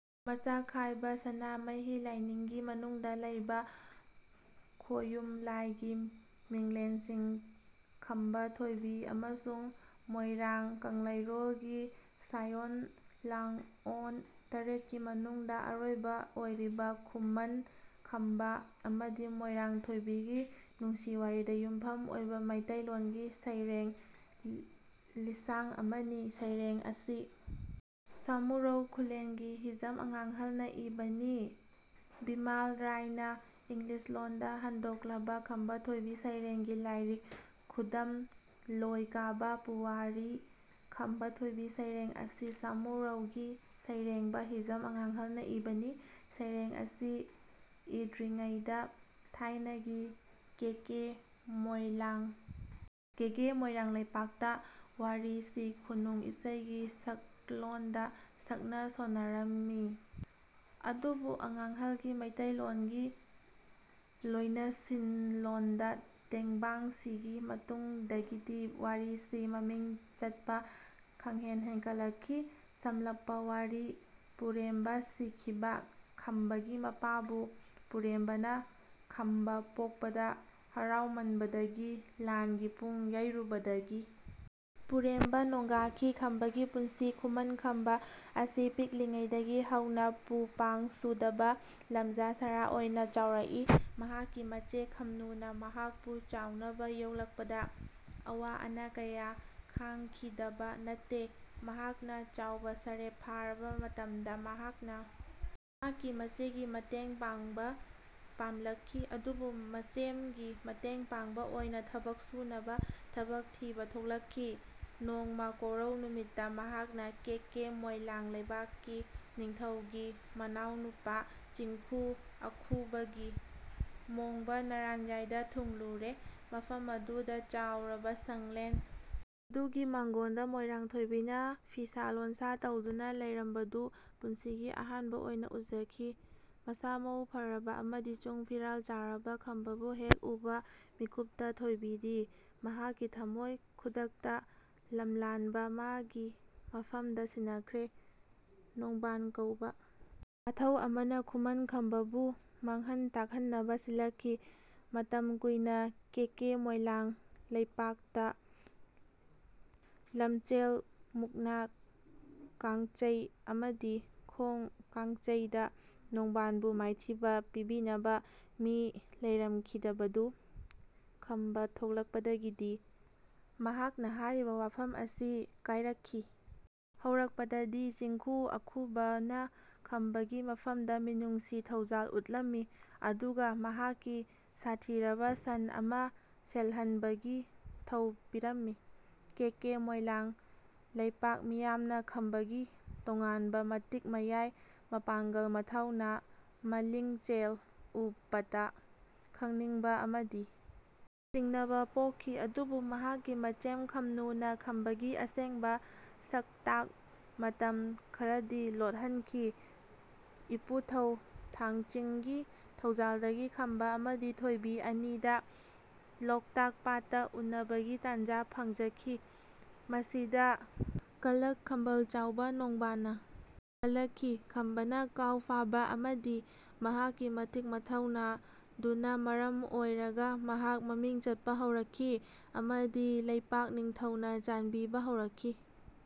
ꯃꯆꯥꯈꯥꯏꯕꯁꯅꯥꯃꯍꯤ ꯂꯥꯏꯅꯤꯡꯒꯤ ꯃꯅꯨꯡꯗ ꯂꯩꯕ ꯈꯣꯌꯨꯝ ꯂꯥꯏꯒꯤ ꯃꯤꯡꯂꯦꯟꯁꯤꯡ ꯈꯝꯕ ꯊꯣꯢꯕꯤ ꯑꯁꯤ ꯃꯣꯢꯔꯥꯡ ꯀꯪꯂꯩꯔꯣꯜꯒꯤ ꯁꯥꯢꯑꯣꯟ ꯂꯥꯡꯑꯣꯟ ꯇꯔꯦꯠꯀꯤ ꯃꯅꯨꯡꯗ ꯑꯔꯣꯢꯕ ꯑꯣꯢꯔꯤꯕ ꯈꯨꯃꯟ ꯈꯝꯕ ꯑꯃꯗꯤ ꯃꯣꯏꯔꯥꯡ ꯊꯣꯏꯕꯤꯒꯤ ꯅꯨꯡꯁꯤ ꯋꯥꯔꯤꯗ ꯌꯨꯝꯐꯝ ꯑꯣꯏꯕ ꯃꯤꯇꯩꯂꯣꯟꯒꯤ ꯁꯩꯔꯦꯡ ꯂꯤꯁꯥꯡ ꯑꯃꯅꯤ꯫ ꯁꯩꯔꯦꯡ ꯑꯁꯤ ꯁꯃꯨꯔꯧ ꯈꯨꯜꯂꯦꯟꯒꯤ ꯍꯤꯖꯝ ꯑꯉꯥꯡꯍꯜꯅ ꯏꯕꯅꯤ꯫ ꯚꯤꯃꯥꯜ ꯔꯥꯢꯅꯥ ꯏꯪꯂꯤꯁ ꯂꯣꯟꯗ ꯍꯟꯗꯣꯛꯂꯕ ꯈꯝꯕ ꯊꯣꯏꯕꯤ ꯁꯩꯔꯦꯡꯒꯤ ꯂꯥꯢꯔꯤꯛ ꯈꯨꯗꯝ ꯂꯣꯏ ꯀꯥꯕ ꯄꯨꯋꯥꯔꯤ ꯈꯝꯕ ꯊꯣꯢꯕꯤ ꯁꯩꯔꯦꯡ ꯑꯁꯤ ꯁꯃꯨꯔꯧꯒꯤ ꯁꯩꯔꯦꯡꯕ ꯍꯤꯖꯝ ꯑꯉꯥꯡꯍꯜꯅ ꯏꯕꯅꯤ꯫ ꯁꯩꯔꯦꯡ ꯑꯁꯤ ꯏꯗ꯭ꯔꯤꯉꯩꯗ ꯊꯥꯢꯅꯒꯤ ꯀꯦꯀꯦ ꯃꯣꯢꯂꯥꯡ ꯀꯦꯒꯦ ꯃꯣꯢꯔꯥꯡ ꯂꯩꯄꯥꯛꯇ ꯋꯥꯔꯤꯁꯤ ꯈꯨꯅꯨꯡ ꯏꯁꯩꯒꯤ ꯁꯛꯂꯣꯟꯗ ꯁꯛꯅ ꯁꯣꯟꯅꯔꯝꯢ꯫ ꯑꯗꯨꯕꯨ ꯑꯉꯥꯡꯍꯜꯒꯤ ꯃꯩꯇꯩꯂꯣꯟꯒꯤ ꯂꯣꯢꯅꯁꯤꯟꯂꯣꯟꯗ ꯇꯦꯡꯕꯥꯡꯁꯤꯒꯤ ꯃꯇꯨꯡꯗꯒꯤꯗꯤ ꯋꯥꯔꯤꯁꯤ ꯃꯃꯤꯡ ꯆꯠꯄ ꯈꯪꯍꯦꯟ ꯍꯦꯟꯒꯠꯂꯛꯈꯤ꯫ ꯁꯝꯂꯞꯄ ꯋꯥꯔꯤ ꯄꯨꯔꯦꯝꯕ ꯁꯤꯈꯤꯕ ꯈꯝꯕꯒꯤ ꯃꯄꯥꯕꯨ ꯄꯨꯔꯦꯝꯕꯅ ꯈꯝꯕ ꯄꯣꯛꯄꯗ ꯍꯔꯥꯎꯃꯟꯕꯗꯒꯤ ꯂꯥꯟꯒꯤ ꯄꯨꯡ ꯌꯩꯔꯨꯕꯗꯒꯤ ꯄꯨꯔꯦꯝꯕ ꯅꯣꯡꯒꯥꯈꯤ꯫ ꯈꯝꯕꯒꯤ ꯄꯨꯟꯁꯤ ꯈꯨꯃꯟ ꯈꯝꯕ ꯑꯁꯤ ꯄꯤꯛꯂꯤꯉꯩꯗꯒꯤ ꯍꯧꯅ ꯄꯨ ꯄꯥꯡ ꯁꯨꯗꯕ ꯂꯝꯖꯥ ꯁꯔꯥ ꯑꯣꯢꯅ ꯆꯥꯎꯔꯛꯏ꯫ ꯃꯍꯥꯛꯀꯤ ꯃꯆꯦꯝ ꯈꯝꯅꯨꯅ ꯃꯍꯥꯛꯄꯨ ꯆꯥꯎꯅꯕ ꯌꯣꯛꯂꯛꯄꯗ ꯑꯋꯥ ꯑꯅꯥ ꯀꯌꯥ ꯈꯥꯡꯈꯤꯗꯕ ꯅꯠꯇꯦ꯫ ꯃꯍꯥꯛꯅ ꯆꯥꯎꯕ ꯁꯔꯦꯞ ꯐꯥꯔꯕ ꯃꯇꯝꯗ ꯃꯍꯥꯛꯅ ꯃꯍꯥꯛꯀꯤ ꯃꯆꯦꯒꯤ ꯃꯇꯦꯡ ꯄꯥꯡꯕ ꯄꯥꯝꯂꯛꯈꯤ꯫ ꯑꯗꯨꯅ ꯃꯆꯦꯝꯒꯤ ꯃꯇꯦꯡ ꯄꯥꯡꯕ ꯑꯣꯢꯅ ꯊꯕꯛ ꯁꯨꯅꯕ ꯊꯕꯛ ꯊꯤꯕ ꯊꯣꯛꯂꯛꯈꯤ꯫ ꯅꯣꯡꯃ ꯀꯣꯔꯧ ꯅꯨꯃꯤꯠꯇ ꯃꯍꯥꯛꯅ ꯀꯦꯀꯦ ꯃꯣꯢꯂꯥꯡ ꯂꯩꯄꯥꯛꯀꯤ ꯅꯤꯡꯊꯧꯒꯤ ꯃꯅꯥꯎꯅꯨꯄꯥ ꯆꯤꯡꯈꯨ ꯑꯈꯨꯕꯒꯤ ꯃꯣꯡꯕ ꯅꯔꯥꯟꯌꯥꯢꯗ ꯊꯨꯡꯂꯨꯔꯦ꯫ ꯃꯐꯝ ꯑꯗꯨꯗ ꯆꯥꯎꯔꯕ ꯁꯪꯂꯦꯟ ꯑꯗꯨꯒꯤ ꯃꯥꯡꯒꯣꯟꯗ ꯃꯣꯢꯔꯥꯡ ꯊꯣꯢꯕꯤꯅ ꯐꯤꯁꯥ ꯂꯣꯟꯁꯥ ꯇꯧꯗꯨꯅ ꯂꯩꯔꯝꯕꯗꯨ ꯄꯨꯟꯁꯤꯒꯤ ꯑꯍꯥꯟꯕꯒꯤ ꯑꯣꯢꯅ ꯎꯖꯈꯤ꯫ ꯃꯁꯥ ꯃꯎ ꯐꯔꯕ ꯑꯃꯗꯤ ꯆꯨꯡ ꯐꯤꯔꯥꯜ ꯆꯥꯔꯕ ꯈꯝꯕꯕꯨ ꯍꯦꯛ ꯎꯕ ꯃꯤꯠꯀꯨꯞꯇ ꯊꯣꯢꯕꯤꯗꯤ ꯃꯍꯥꯛꯀꯤ ꯊꯃꯣꯢ ꯈꯨꯗꯛꯇ ꯂꯝꯂꯥꯟꯕ ꯃꯥꯒꯤ ꯃꯐꯝꯗ ꯁꯤꯟꯅꯈ꯭ꯔꯦ꯫ ꯅꯣꯡꯕꯥꯟ ꯀꯧꯕ ꯄꯥꯊꯧ ꯑꯃꯅ ꯈꯨꯃꯟ ꯈꯝꯕ ꯕꯨ ꯃꯥꯡꯍꯟ ꯇꯥꯛꯍꯟꯅꯕ ꯁꯤꯜꯂꯛꯈꯤ꯫ ꯃꯇꯝ ꯀꯨꯢꯅ ꯀꯦꯀꯦ ꯃꯣꯢꯂꯥꯡ ꯂꯩꯄꯥꯛꯇ ꯂꯝꯆꯦꯜ ꯃꯨꯛꯅꯥ ꯀꯥꯡꯆꯩ ꯑꯃꯗꯤ ꯈꯣꯡ ꯀꯥꯡꯆꯩ ꯗ ꯅꯣꯡꯕꯥꯟ ꯕꯨ ꯃꯥꯢꯊꯤꯕ ꯄꯤꯕꯤꯅꯕ ꯃꯤ ꯂꯩꯔꯝꯈꯤꯗꯕꯗꯨ ꯈꯝꯕ ꯊꯣꯛꯂꯛꯄꯗꯒꯤꯗꯤ ꯃꯍꯥꯛꯀꯤ ꯍꯥꯢꯔꯤꯕ ꯋꯥꯐꯝ ꯑꯁꯤ ꯀꯥꯢꯔꯛꯈꯤ꯫ ꯍꯧꯔꯛꯄꯗꯗꯤ ꯆꯤꯡꯈꯨ ꯑꯈꯨꯕ ꯅ ꯈꯝꯕ ꯒꯤ ꯃꯐꯝꯗ ꯃꯤꯅꯨꯡꯁꯤ ꯊꯧꯖꯥꯜ ꯎꯠꯂꯝꯃꯤ ꯑꯗꯨꯒ ꯃꯍꯥꯛꯀꯤ ꯁꯥꯊꯤꯔꯕ ꯁꯟ ꯑꯃ ꯁꯦꯜꯍꯟꯕꯒꯤ ꯊꯧ ꯄꯤꯔꯝꯃꯤ꯫ ꯀꯦꯀꯦ ꯃꯣꯢꯂꯥꯡ ꯂꯩꯄꯥꯛ ꯃꯤꯌꯥꯝꯅ ꯈꯝꯕ ꯒꯤ ꯇꯣꯉꯥꯟꯕ ꯃꯇꯤꯛ ꯃꯌꯥꯢ ꯃꯄꯥꯡꯒꯜ ꯃꯊꯧꯅꯥ ꯃꯂꯤꯡꯆꯦꯜ ꯎꯄꯗ ꯈꯪꯅꯤꯡꯕ ꯑꯃꯗꯤ ꯆꯤꯡꯅꯕ ꯄꯣꯛꯈꯤ꯫ ꯑꯗꯨꯕꯨ ꯃꯍꯥꯛꯀꯤ ꯃꯆꯦꯝ ꯈꯝꯅꯨ ꯅ ꯈꯝꯕ ꯒꯤ ꯑꯁꯦꯡꯕ ꯁꯛꯇꯥꯛ ꯃꯇꯝ ꯈꯔꯗꯤ ꯂꯣꯠꯍꯟꯈꯤ꯫ ꯏꯄꯨꯊꯧ ꯊꯥꯡꯆꯤꯡ ꯒꯤ ꯊꯧꯖꯥꯜꯗꯒꯤ ꯈꯝꯕ ꯑꯃꯗꯤ ꯊꯣꯢꯕꯤ ꯑꯅꯤꯗ ꯂꯣꯛꯇꯥꯛ ꯄꯥꯠꯇ ꯎꯅꯕꯒꯤ ꯇꯥꯟꯖꯥ ꯐꯪꯖꯈꯤ꯫ ꯃꯁꯤꯗ ꯀꯜꯂꯛ ꯈꯝꯕꯜ ꯆꯥꯎꯕ ꯅꯣꯡꯕꯥꯟ ꯅ ꯀꯜꯂꯛꯈꯤ꯫ ꯈꯝꯕꯅ ꯀꯥꯎ ꯐꯥꯕ ꯑꯃꯗꯤ ꯃꯍꯥꯛꯀꯤ ꯃꯇꯤꯛ ꯃꯊꯧꯅꯥ ꯗꯨꯅ ꯃꯔꯝ ꯑꯣꯢꯔꯒ ꯃꯍꯥꯛ ꯃꯃꯤꯡ ꯆꯠꯄ ꯍꯧꯔꯛꯈꯤ ꯑꯃꯗꯤ ꯂꯩꯄꯥꯛ ꯅꯤꯡꯊꯧ ꯅ ꯆꯥꯟꯕꯤꯕ ꯍꯧꯔꯛꯈꯤ꯫